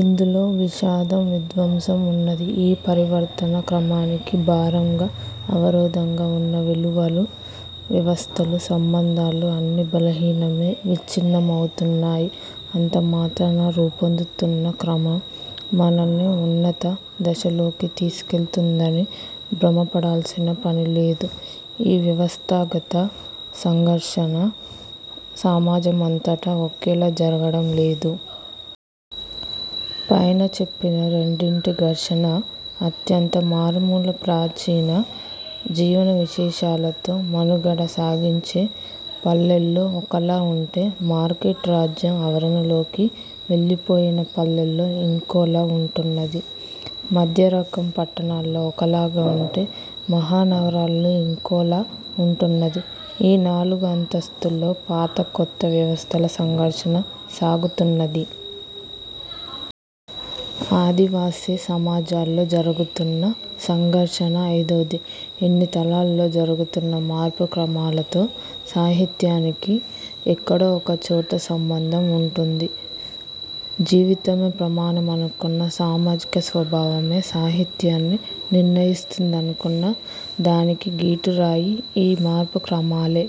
ఇందులో విషాదం, విధ్వంసం ఉన్నది. ఈ పరివర్తనా క్రమానికి భారంగా, అవరోధంగా ఉన్న విలువలు, వ్యవస్థలు, సంబంధాలు అన్నీ బలహీనమే, విచ్ఛిన్నమవుతున్నాయి. అంతమాత్రాన రూపొందుతున్న క్రమం మనల్ని ఉన్నత దశలోకి తీసికెళ్తుందని భ్రమపడాల్సిన పని లేదు. ఈ వ్యవస్థాగత సంఘర్షణ సమాజమంతటా ఒకేలా జరగడం లేదు. పైన చెప్పిన రెండింటి ఘర్షణ అత్యంత మారుమూల, ప్రాచీన జీవన విశేషాలతో మనుగడ సాగించే పల్లెల్లో ఒకలా ఉంటే, మార్కెట్, రాజ్యం ఆవరణలోకి వెళ్లిపోయిన పల్లెల్లో ఇంకోలా ఉంటున్నది. మధ్య రకం పట్టణాల్లో ఒకలాగా ఉంటే, మహా నగరాల్లో ఇంకోలా ఉంటున్నది. ఈ నాలుగు అంతస్థుల్లో పాత, కొత్త వ్యవస్థల సంఘర్షణ సాగుతున్నది. ఆదివాసీ సమాజాల్లో జరుగుతున్న సంఘర్షణ ఐదోది. ఇన్ని తలాల్లో జరుగుతున్న మార్పు క్రమాలతో సాహిత్యానికి ఎక్కడో ఒక చోట సంబంధం ఉంటుంది. జీవితమే ప్రమాణమనుకున్నా, సామాజిక స్వభావమే సాహిత్యాన్ని నిర్ణయిస్తుందనుకున్నా, దానికి గీటురాయి ఈ మార్పు క్రమాలే.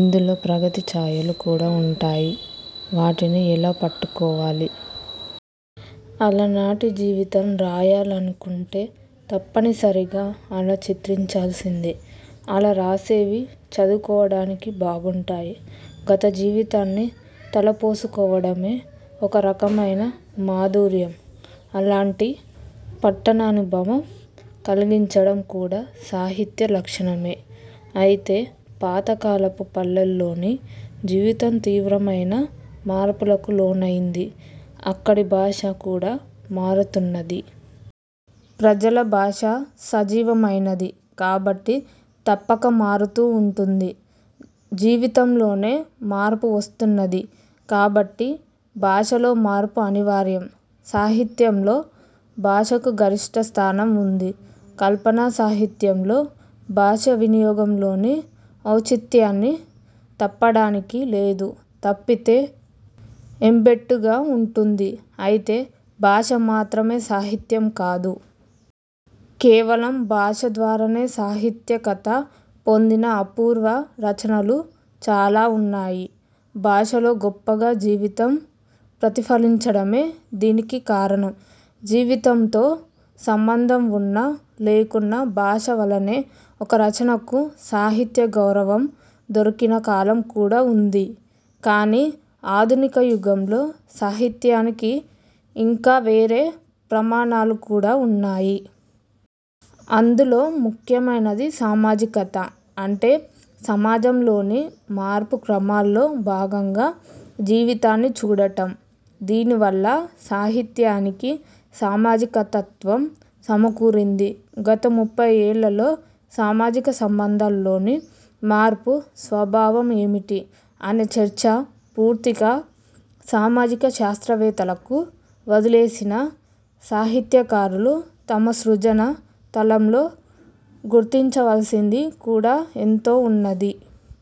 ఇందులో ప్రగతి ఛాయలు కూడా ఉంటాయి. వాటిని ఎలా పట్టుకోవాలి? అలనాటి జీవితం రాయాలనుకుంటే తప్పనిసరిగా అలా చిత్రించాల్సిందే. అలా రాసేవి చదువుకోడానికి బాగుంటాయి. గతజీవితాన్ని తలపోసుకోవడమే ఒక రకమైన మాధుర్యం. అలాంటి పఠనానుభవం కల్గించడం కూడా సాహిత్య లక్షణమే. అయితే పాత కాలపు పల్లెల్లోని జీవితం తీవ్రమైన మార్పులకు లోనైంది. అక్కడి భాష కూడా మారుతున్నది. ప్రజల భాష సజీవమైనది కాబట్టి తప్పక మారుతూ ఉంటుంది. జీవితంలోనే మార్పు వస్తున్నది కాబట్టి భాషలో మార్పు అనివార్యం. సాహిత్యంలో భాషకు గరిష్ఠ స్థానం ఉంది. కల్పనా సాహిత్యంలో భాషా వినియోగంలోని ఔచిత్యాన్ని తప్పడానికి లేదు. తప్పితే ఎబ్బెట్టుగా ఉంటుంది. అయితే భాష మాత్రమే సాహిత్యం కాదు. కేవలం భాష ద్వారానే సాహిత్యకత పొందిన అపూర్వ రచనలు చాలా ఉన్నాయి. భాషలో గొప్పగా జీవితం ప్రతిఫలించడమే దీనికి కారణం. జీవితంతో సంబంధం ఉన్నా లేకున్నా భాష వల్లనే ఒక రచనకు సాహిత్య గౌరవం దొరికిన కాలం కూడా ఉంది. కానీ ఆధునిక యుగంలో సాహిత్యానికి ఇంకా వేరే ప్రమాణాలు కూడా ఉన్నాయి. అందులో ముఖ్యమైనది సామాజికత. అంటే సమాజంలోని మార్పు క్రమాల్లో భాగంగా జీవితాన్ని చూడటం. దీని వల్ల సాహిత్యానికి సామాజికతత్వం సమకూరింది. గత ముప్పై ఏళ్లలో సామాజిక సంబంధాల్లోని మార్పు స్వభావం ఏమిటి? అనే చర్చ పూర్తిగా సామాజిక శాస్త్రవేత్తలకు వదిలేసినా సాహిత్యకారులు తమ సృజన తలంలో గుర్తించవలసింది కూడా ఎంతో ఉన్నది.